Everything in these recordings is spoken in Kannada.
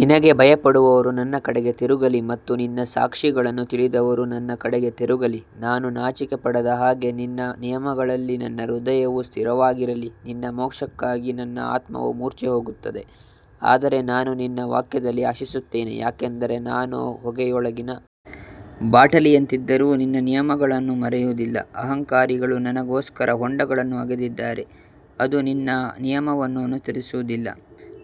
ನಿನಗೆ ಭಯಪಡುವವರು ನನ್ನ ಕಡೆಗೆ ತಿರುಗಲಿ ಮತ್ತು ನಿನ್ನ ಸಾಕ್ಷಿಗಳನ್ನು ತಿಳಿದವರು ನನ್ನ ಕಡೆಗೆ ತಿರುಗಲಿ ನಾನು ನಾಚಿಕೆಪಡದ ಹಾಗೆ ನಿನ್ನ ನಿಯಮಗಳಲ್ಲಿ ನನ್ನ ಹೃದಯವು ಸ್ಥಿರವಾಗಿರಲಿ ನಿನ್ನ ಮೋಕ್ಷಕ್ಕಾಗಿ ನನ್ನ ಆತ್ಮವು ಮೂರ್ಛೆಹೋಗುತ್ತದೆ ಆದರೆ ನಾನು ನಿನ್ನ ವಾಕ್ಯದಲ್ಲಿ ಆಶಿಸುತ್ತೇನೆ ಯಾಕಂದರೆ ನಾನು ಹೊಗೆಯೊಳಗಿನ ಬಾಟಲಿಯಂತಿದ್ದರೂ ನಿನ್ನ ನಿಯಮಗಳನ್ನು ಮರೆಯುವುದಿಲ್ಲ ಅಹಂಕಾರಿಗಳು ನನಗೋಸ್ಕರ ಹೊಂಡಗಳನ್ನು ಅಗೆದಿದ್ದಾರೆ, ಅದು ನಿನ್ನ ನಿಯಮವನ್ನು ಅನುಸರಿಸುವುದಿಲ್ಲ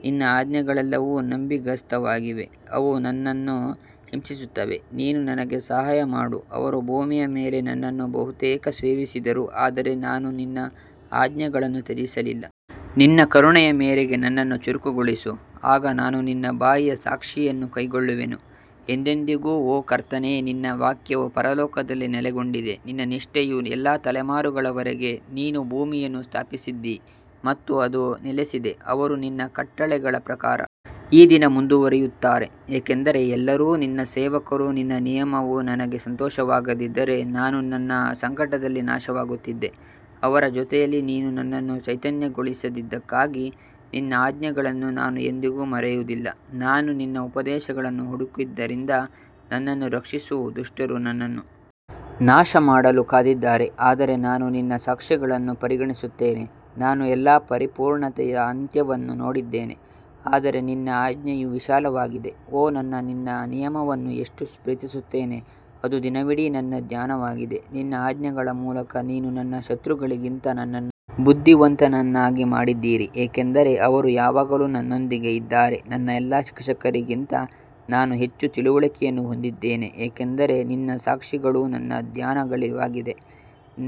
ನಿನ್ನ ಆಜ್ಞೆಗಳೆಲ್ಲವೂ ನಂಬಿಗಸ್ತವಾಗಿವೆ, ಅವು ನನ್ನನ್ನು ಹಿಂಸಿಸುತ್ತವೆ, ನೀನು ನನಗೆ ಸಹಾಯ ಮಾಡು ಅವರು ಭೂಮಿಯ ಮೇಲೆ ನನ್ನನ್ನು ಬಹುತೇಕ ಸೇವಿಸಿದರು ಆದರೆ ನಾನು ನಿನ್ನ ಆಜ್ಞೆಗಳನ್ನು ತ್ಯಜಿಸಲಿಲ್ಲ ನಿನ್ನ ಕರುಣೆಯ ಮೇರೆಗೆ ನನ್ನನ್ನು ಚುರುಕುಗೊಳಿಸು, ಆಗ ನಾನು ನಿನ್ನ ಬಾಯಿಯ ಸಾಕ್ಷಿಯನ್ನು ಕೈಕೊಳ್ಳುವೆನು ಎಂದೆಂದಿಗೂ ಓ ಕರ್ತನೇ ನಿನ್ನ ವಾಕ್ಯವು ಪರಲೋಕದಲ್ಲಿ ನೆಲೆಗೊಂಡಿದೆ ನಿನ್ನ ನಿಷ್ಠೆಯು ಎಲ್ಲಾ ತಲೆಮಾರುಗಳ ವರೆಗೆ, ನೀನು ಭೂಮಿಯನ್ನು ಸ್ಥಾಪಿಸಿದ್ದೀ ಮತ್ತು ಅದು ನೆಲೆಸಿದೆ ಅವರು ನಿನ್ನ ಕಟ್ಟಳೆಗಳ ಪ್ರಕಾರ ಈ ದಿನ ಮುಂದುವರಿಯುತ್ತಾರೆ ಏಕೆಂದರೆ ಎಲ್ಲರೂ ನಿನ್ನ ಸೇವಕರು ನಿನ್ನ ನಿಯಮವು ನನಗೆ ಸಂತೋಷವಾಗದಿದ್ದರೆ ನಾನು ನನ್ನ ಸಂಕಟದಲ್ಲಿ ನಾಶವಾಗುತ್ತಿದ್ದೆ ಅವರ ಜೊತೆಯಲ್ಲಿ ನೀನು ನನ್ನನ್ನು ಚೈತನ್ಯಗೊಳಿಸಿದ್ದಕ್ಕಾಗಿ ನಿನ್ನ ಆಜ್ಞೆಗಳನ್ನು ನಾನು ಎಂದಿಗೂ ಮರೆಯುವುದಿಲ್ಲ ನಾನು ನಿನ್ನ ಉಪದೇಶಗಳನ್ನು ಹುಡುಕಿದ್ದರಿಂದ ನನ್ನನ್ನು ರಕ್ಷಿಸು ದುಷ್ಟರು ನನ್ನನ್ನು ನಾಶಮಾಡಲು ಕಾದಿದ್ದಾರೆ ಆದರೆ ನಾನು ನಿನ್ನ ಸಾಕ್ಷಿಗಳನ್ನು ಪರಿಗಣಿಸುತ್ತೇನೆ ನಾನು ಎಲ್ಲಾ ಪರಿಪೂರ್ಣತೆಯ ಅಂತ್ಯವನ್ನು ನೋಡಿದ್ದೇನೆ ಆದರೆ ನಿನ್ನ ಆಜ್ಞೆಯು ವಿಶಾಲವಾಗಿದೆ ಓ ನಾನು ನಿನ್ನ ನಿಯಮವನ್ನು ಎಷ್ಟು ಪ್ರೀತಿಸುತ್ತೇನೆ ಅದು ದಿನವಿಡೀ ನನ್ನ ಧ್ಯಾನವಾಗಿದೆ ನಿನ್ನ ಆಜ್ಞೆಗಳ ಮೂಲಕ ನೀನು ನನ್ನ ಶತ್ರುಗಳಿಗಿಂತ ನನ್ನನ್ನು ಬುದ್ಧಿವಂತನನ್ನಾಗಿ ಮಾಡಿದ್ದೀರಿ ಏಕೆಂದರೆ ಅವರು ಯಾವಾಗಲೂ ನನ್ನೊಂದಿಗೆ ಇದ್ದಾರೆ ನನ್ನ ಎಲ್ಲಾ ಶಿಕ್ಷಕರಿಗಿಂತ ನಾನು ಹೆಚ್ಚು ತಿಳುವಳಿಕೆಯನ್ನು ಹೊಂದಿದ್ದೇನೆ ಏಕೆಂದರೆ ನಿನ್ನ ಸಾಕ್ಷಿಗಳು ನನ್ನ ಧ್ಯಾನವಾಗಿದೆ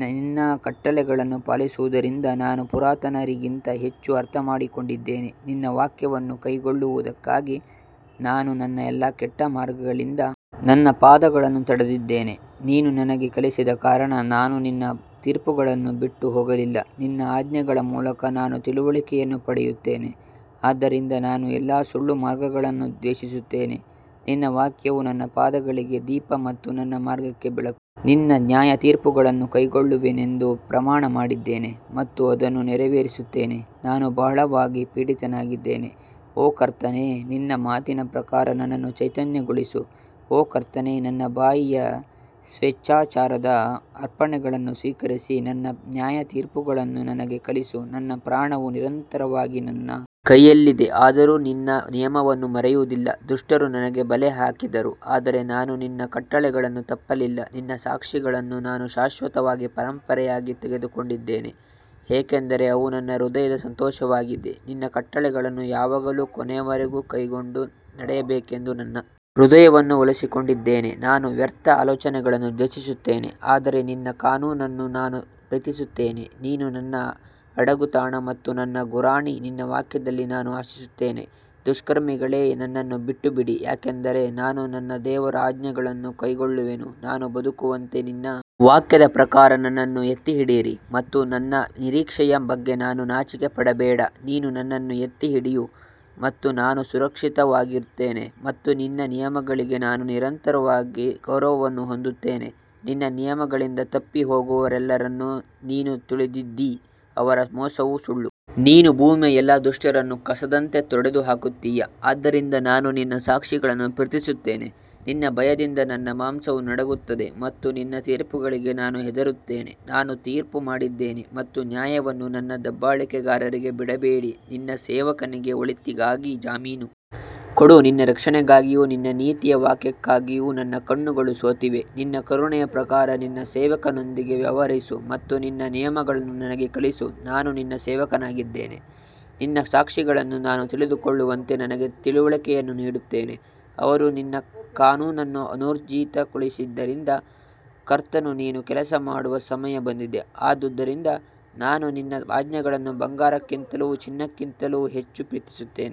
ನಿನ್ನ ಕಟ್ಟಳೆಗಳನ್ನು ಪಾಲಿಸುವುದರಿಂದ ನಾನು ಪುರಾತನರಿಗಿಂತ ಹೆಚ್ಚು ಅರ್ಥಮಾಡಿಕೊಂಡಿದ್ದೇನೆ ನಿನ್ನ ವಾಕ್ಯವನ್ನು ಕೈಕೊಳ್ಳುವದಕ್ಕಾಗಿ ನಾನು ಎಲ್ಲಾ ಕೆಟ್ಟ ಮಾರ್ಗಗಳಿಂದ ನನ್ನ ಪಾದಗಳನ್ನು ತಡೆದಿದ್ದೇನೆ ನೀನು ನನಗೆ ಕಲಿಸಿದ ಕಾರಣ ನಾನು ನಿನ್ನ ತೀರ್ಪುಗಳನ್ನು ಬಿಟ್ಟು ಹೋಗಲಿಲ್ಲ ನಿನ್ನ ಆಜ್ಞೆಗಳ ಮೂಲಕ ನಾನು ತಿಳುವಳಿಕೆಯನ್ನು ಪಡೆಯುತ್ತೇನೆ ಆದ್ದರಿಂದ ನಾನು ಎಲ್ಲಾ ಸುಳ್ಳು ಮಾರ್ಗಗಳನ್ನು ದ್ವೇಷಿಸುತ್ತೇನೆ ನಿನ್ನ ವಾಕ್ಯವು ನನ್ನ ಪಾದಗಳಿಗೆ ದೀಪ ಮತ್ತು ನನ್ನ ಮಾರ್ಗಕ್ಕೆ ಬೆಳಕು ನಿನ್ನ ನ್ಯಾಯತೀರ್ಪುಗಳನ್ನು ಕೈಕೊಳ್ಳುವೆನೆಂದು ಪ್ರಮಾಣ ಮಾಡಿದ್ದೇನೆ ಮತ್ತು ಅದನ್ನು ನೆರವೇರಿಸುತ್ತೇನೆ ನಾನು ಬಹಳವಾಗಿ ಪೀಡಿತನಾಗಿದ್ದೇನೆ ಓ ಕರ್ತನೇ ನಿನ್ನ ಮಾತಿನ ಪ್ರಕಾರ ನನ್ನನ್ನು ಚೈತನ್ಯಗೊಳಿಸು ಓ ಕರ್ತನೇ ನನ್ನ ಬಾಯಿಯ ಸ್ವೇಚ್ಛಾಚಾರದ ಅರ್ಪಣೆಗಳನ್ನು ಸ್ವೀಕರಿಸಿ ನಿನ್ನ ನ್ಯಾಯತೀರ್ಪುಗಳನ್ನು ನನಗೆ ಕಲಿಸು ನನ್ನ ಪ್ರಾಣವು ನಿರಂತರವಾಗಿ ನನ್ನ ಕೈಯಲ್ಲಿದೆ, ಆದರೂ ನಾನು ನಿನ್ನ ನಿಯಮವನ್ನು ಮರೆಯುವುದಿಲ್ಲ ದುಷ್ಟರು ನನಗೆ ಬಲೆ ಹಾಕಿದರು ಆದರೆ ನಾನು ನಿನ್ನ ಕಟ್ಟಳೆಗಳನ್ನು ತಪ್ಪಲಿಲ್ಲ ನಿನ್ನ ಸಾಕ್ಷಿಗಳನ್ನು ನಾನು ಶಾಶ್ವತವಾಗಿ ಪರಂಪರೆಯಾಗಿ ತೆಗೆದುಕೊಂಡಿದ್ದೇನೆ ಏಕೆಂದರೆ ಅವು ನನ್ನ ಹೃದಯದ ಸಂತೋಷವಾಗಿದೆ ನಿನ್ನ ಕಟ್ಟಳೆಗಳನ್ನು ಯಾವಾಗಲೂ ಕೊನೆಯವರೆಗೂ ಕೈಕೊಂಡು ನಡೆಯಬೇಕೆಂದು ನನ್ನ ಹೃದಯವನ್ನು ಒಲಿಸಿಕೊಂಡಿದ್ದೇನೆ ನಾನು ವ್ಯರ್ಥ ಆಲೋಚನೆಗಳನ್ನು ದ್ವೇಷಿಸುತ್ತೇನೆ ಆದರೆ ನಿನ್ನ ಕಾನೂನನ್ನು ನಾನು ಪ್ರೀತಿಸುತ್ತೇನೆ ನೀನು ನನ್ನ ಅಡಗುತಾಣ ಮತ್ತು ನನ್ನ ಗುರಾಣಿ ನಿನ್ನ ವಾಕ್ಯದಲ್ಲಿ ನಾನು ಆಶಿಸುತ್ತೇನೆ ದುಷ್ಕರ್ಮಿಗಳೇ ನನ್ನನ್ನು ಬಿಟ್ಟುಬಿಡಿ ಏಕೆಂದರೆ ನಾನು ನನ್ನ ದೇವರ ಆಜ್ಞೆಗಳನ್ನು ಕೈಕೊಳ್ಳುವೆನು ನಾನು ಬದುಕುವಂತೆ ನಿನ್ನ ವಾಕ್ಯದ ಪ್ರಕಾರ ನನ್ನನ್ನು ಎತ್ತಿಹಿಡಿಯಿರಿ ಮತ್ತು ನನ್ನ ನಿರೀಕ್ಷೆಯ ಬಗ್ಗೆ ನಾನು ನಾಚಿಕೆಪಡಬೇಡ ನೀನು ನನ್ನನ್ನು ಎತ್ತಿ ಹಿಡಿಯು ಮತ್ತು ನಾನು ಸುರಕ್ಷಿತವಾಗಿರುತ್ತೇನೆ ಮತ್ತು ನಿನ್ನ ನಿಯಮಗಳಿಗೆ ನಾನು ನಿರಂತರವಾಗಿ ಗೌರವವನ್ನು ಹೊಂದುತ್ತೇನೆ ನಿನ್ನ ನಿಯಮಗಳಿಂದ ತಪ್ಪಿ ಹೋಗುವವರೆಲ್ಲರನ್ನು ನೀನು ತುಳಿದಿದ್ದೀ, ಅವರ ಮೋಸವು ಸುಳ್ಳು ನೀನು ಭೂಮಿಯ ಎಲ್ಲಾ ದುಷ್ಟರನ್ನು ಕಸದಂತೆ ತೊಡೆದುಹಾಕುತ್ತೀಯಾ ಆದ್ದರಿಂದ ನಾನು ನಿನ್ನ ಸಾಕ್ಷಿಗಳನ್ನು ಪ್ರೀತಿಸುತ್ತೇನೆ ನಿನ್ನ ಭಯದಿಂದ ನನ್ನ ಮಾಂಸವು ನಡುಗುತ್ತದೆ ಮತ್ತು ನಿನ್ನ ತೀರ್ಪುಗಳಿಗೆ ನಾನು ಹೆದರುತ್ತೇನೆ ನಾನು ತೀರ್ಪು ಮಾಡಿದ್ದೇನೆ ಮತ್ತು ನ್ಯಾಯವನ್ನು ನನ್ನ ದಬ್ಬಾಳಿಕೆಗಾರರಿಗೆ ಬಿಡಬೇಡಿ ನಿನ್ನ ಸೇವಕನಿಗೆ ಒಳಿತಿಗಾಗಿ ಜಾಮೀನು ಕೊಡು ನಿನ್ನ ರಕ್ಷಣೆಗಾಗಿಯೂ ನಿನ್ನ ನೀತಿಯ ವಾಕ್ಯಕ್ಕಾಗಿಯೂ ನನ್ನ ಕಣ್ಣುಗಳು ಸೋತಿವೆ ನಿನ್ನ ಕರುಣೆಯ ಪ್ರಕಾರ ನಿನ್ನ ಸೇವಕನೊಂದಿಗೆ ವ್ಯವಹರಿಸು ಮತ್ತು ನಿನ್ನ ನಿಯಮಗಳನ್ನು ನನಗೆ ಕಲಿಸು ನಾನು ನಿನ್ನ ಸೇವಕನಾಗಿದ್ದೇನೆ, ನಿನ್ನ ಸಾಕ್ಷಿಗಳನ್ನು ನಾನು ತಿಳಿದುಕೊಳ್ಳುವಂತೆ ನನಗೆ ತಿಳುವಳಿಕೆಯನ್ನು ನೀಡುತ್ತೇನೆ ಅವರು ನಿನ್ನ ಕಾನೂನನ್ನು ಅನೂರ್ಜಿತಗೊಳಿಸಿದ್ದರಿಂದ ಕರ್ತನು ನೀನು ಕೆಲಸಮಾಡುವ ಸಮಯ ಬಂದಿದೆ ಆದದರಿಂದ ನಾನು ನಿನ್ನ ಆಜ್ಞೆಗಳನ್ನು ಬಂಗಾರಕ್ಕಿಂತಲೂ, ಚಿನ್ನಕ್ಕಿಂತಲೂ ಹೆಚ್ಚು ಪ್ರೀತಿಸುತ್ತೇನೆ.